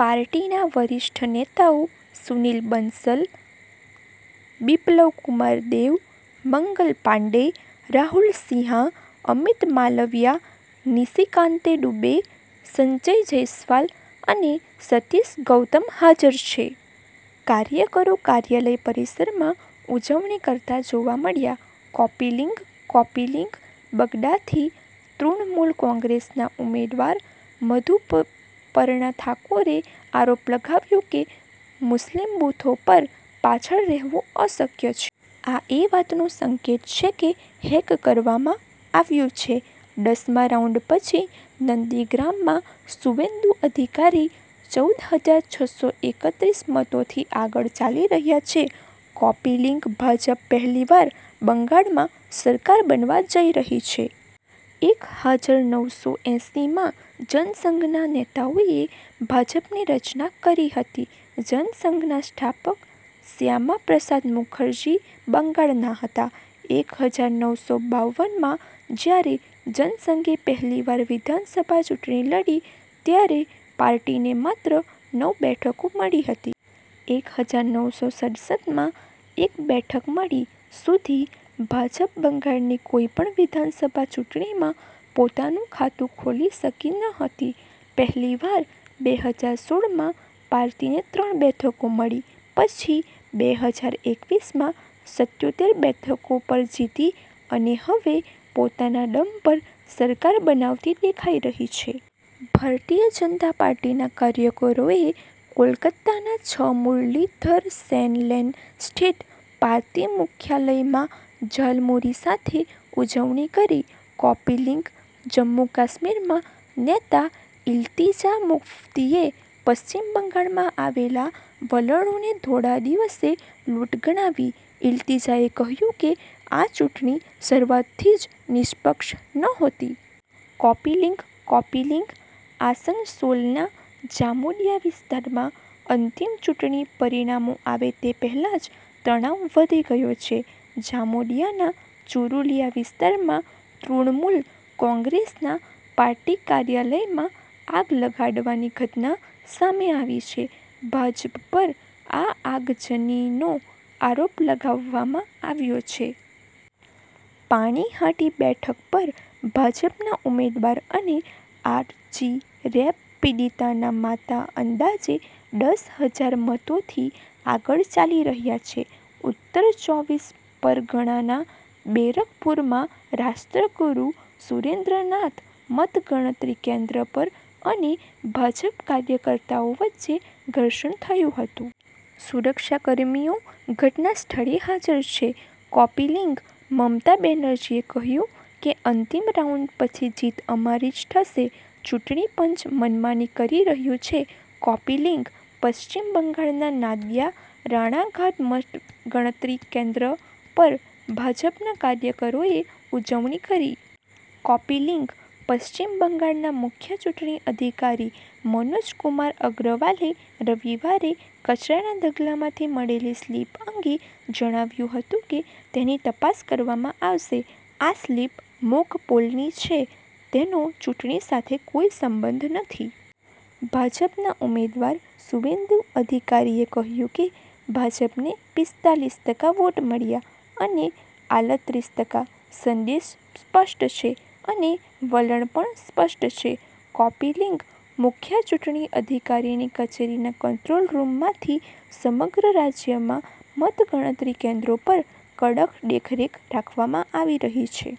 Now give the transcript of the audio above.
પાર્ટીના વરિષ્ઠ નેતાઓ સુનીલ બંસલ, બિપ્લવ કુમાર દેવ, મંગલ પાંડે, રાહુલ સિંહા, અમિત માલવિયા, નિશિકાંત દુબે, સંજય જયસ્વાલ અને સતીશ ગૌતમ હાજર છે. કાર્યકરો કાર્યાલય પરિસરમાં ઉજવણી કરતા જોવા મળ્યા. કૉપી લિંક કૉપી લિંક બગદાથી તૃણમૂલ કોંગ્રેસના ઉમેદવાર મધુપર્ણા ઠાકુરે આરોપ લગાવ્યો કે મુસ્લિમ બૂથો પર પાછળ રહેવું અશક્ય છે. આ એ વાતનો સંકેત છે કે હેક કરવામાં આવ્યું છે. દસ મા રાઉન્ડ પછી નંદીગ્રામમાં સુવેન્દુ અધિકારી ચૌદ હજાર છ સો એકત્રીસ મતોથી આગળ ચાલી રહ્યા છે. કૉપી લિંક ભાજપ પહેલીવાર બંગાળમાં સરકાર બનાવવા જઈ રહી છે. એક હાજર નવસો એંસી માં જનસંઘના નેતાઓએ ભાજપની રચના કરી હતી. જનસંઘના સ્થાપક શ્યામા પ્રસાદ મુખર્જી બંગાળના હતા. એક હજાર નવસો બાવન માં જ્યારે જનસંઘે પહેલીવાર વિધાનસભા ચૂંટણી લડી ત્યારે પાર્ટીને માત્ર નવ બેઠકો મળી હતી. એક હજાર નવસો સડસઠ માં એક બેઠક મળી. સુધી ભાજપ બંગાળની કોઈપણ વિધાનસભા ચૂંટણીમાં પોતાનું ખાતું ખોલી શકી ન હતી. પહેલીવાર બે હજાર સોળમાં પાર્ટીને ત્રણ બેઠકો મળી. પછી બે હજાર એકવીસમાં સત્યોતેર બેઠકો પર જીતી અને હવે પોતાના દમ પર સરકાર બનાવતી દેખાઈ રહી છે. ભારતીય જનતા પાર્ટીના કાર્યકરોએ કોલકાતાના છ મુરલીધર સેન લેન સ્થિત પાર્ટી મુખ્યાલયમાં ઝાલમુરી સાથે ઉજવણી કરી. કૉપી લિંક જમ્મુ-કાશ્મીરમાં નેતા ઇલ્તિજા મુફ્તીએ પશ્ચિમ બંગાળમાં આવેલા વલણોને ધોળા દિવસે લૂંટ ગણાવી. ઇલ્તિજાએ કહ્યું કે આ ચૂંટણી શરૂઆતથી જ નિષ્પક્ષ નહોતી. કૉપી લિંક કૉપી લિંક આસનસોલના જામુડિયા વિસ્તારમાં અંતિમ ચૂંટણી પરિણામો આવે તે પહેલાં જ તણાવ વધી ગયો છે. જામુડિયાના ચુરુલિયા વિસ્તારમાં તૃણમૂલ કોંગ્રેસના પાર્ટી કાર્યાલયમાં આગ લગાડવાની ઘટના સામે આવી છે. ભાજપ પર આ આગજનીનો આરોપ લગાવવામાં આવ્યો છે. પાણીહાટી બેઠક પર ભાજપના ઉમેદવાર અને આર. જી. રેપ પીડિતાના માતા અંદાજે દસ હજાર મતોથી આગળ ચાલી રહ્યા છે. ઉત્તર ચોવીસ પરગણાના બેરકપુરમાં રાષ્ટ્રગુરુ સુરેન્દ્રનાથ મતગણતરી કેન્દ્ર પર અને ભાજપ કાર્યકર્તાઓ વચ્ચે ઘર્ષણ થયું હતું. સુરક્ષાકર્મીઓ ઘટનાસ્થળે હાજર છે. કૉપી લિંક મમતા બેનર્જીએ કહ્યું કે અંતિમ રાઉન્ડ પછી જીત અમારી જ થશે. ચૂંટણી પંચ મનમાની કરી રહ્યું છે. કૉપી લિંક પશ્ચિમ બંગાળના નાદિયા રાણાઘાટ મતગણતરી કેન્દ્ર પર ભાજપના કાર્યકરોએ ઉજવણી કરી. કૉપી લિંક પશ્ચિમ બંગાળના મુખ્ય ચૂંટણી અધિકારી મનોજ કુમાર અગ્રવાલે રવિવારે કચરાના ઢગલામાંથી મળેલી સ્લિપ અંગે જણાવ્યું હતું કે, તેની તપાસ કરવામાં આવશે. આ સ્લિપ મોક પોલની છે. તેનો ચૂંટણી સાથે કોઈ સંબંધ નથી. ભાજપના ઉમેદવાર સુવેન્દુ અધિકારીએ કહ્યું કે, ભાજપને પિસ્તાલીસ ટકા વોટ મળ્યા અને આલત્રીસ ટકા, સંદેશ સ્પષ્ટ છે અને વલણ પણ સ્પષ્ટ છે. કૉપી લિંક મુખ્ય ચૂંટણી અધિકારીની કચેરીના કંટ્રોલ રૂમમાંથી સમગ્ર રાજ્યમાં મતગણતરી કેન્દ્રો પર કડક દેખરેખ રાખવામાં આવી રહી છે.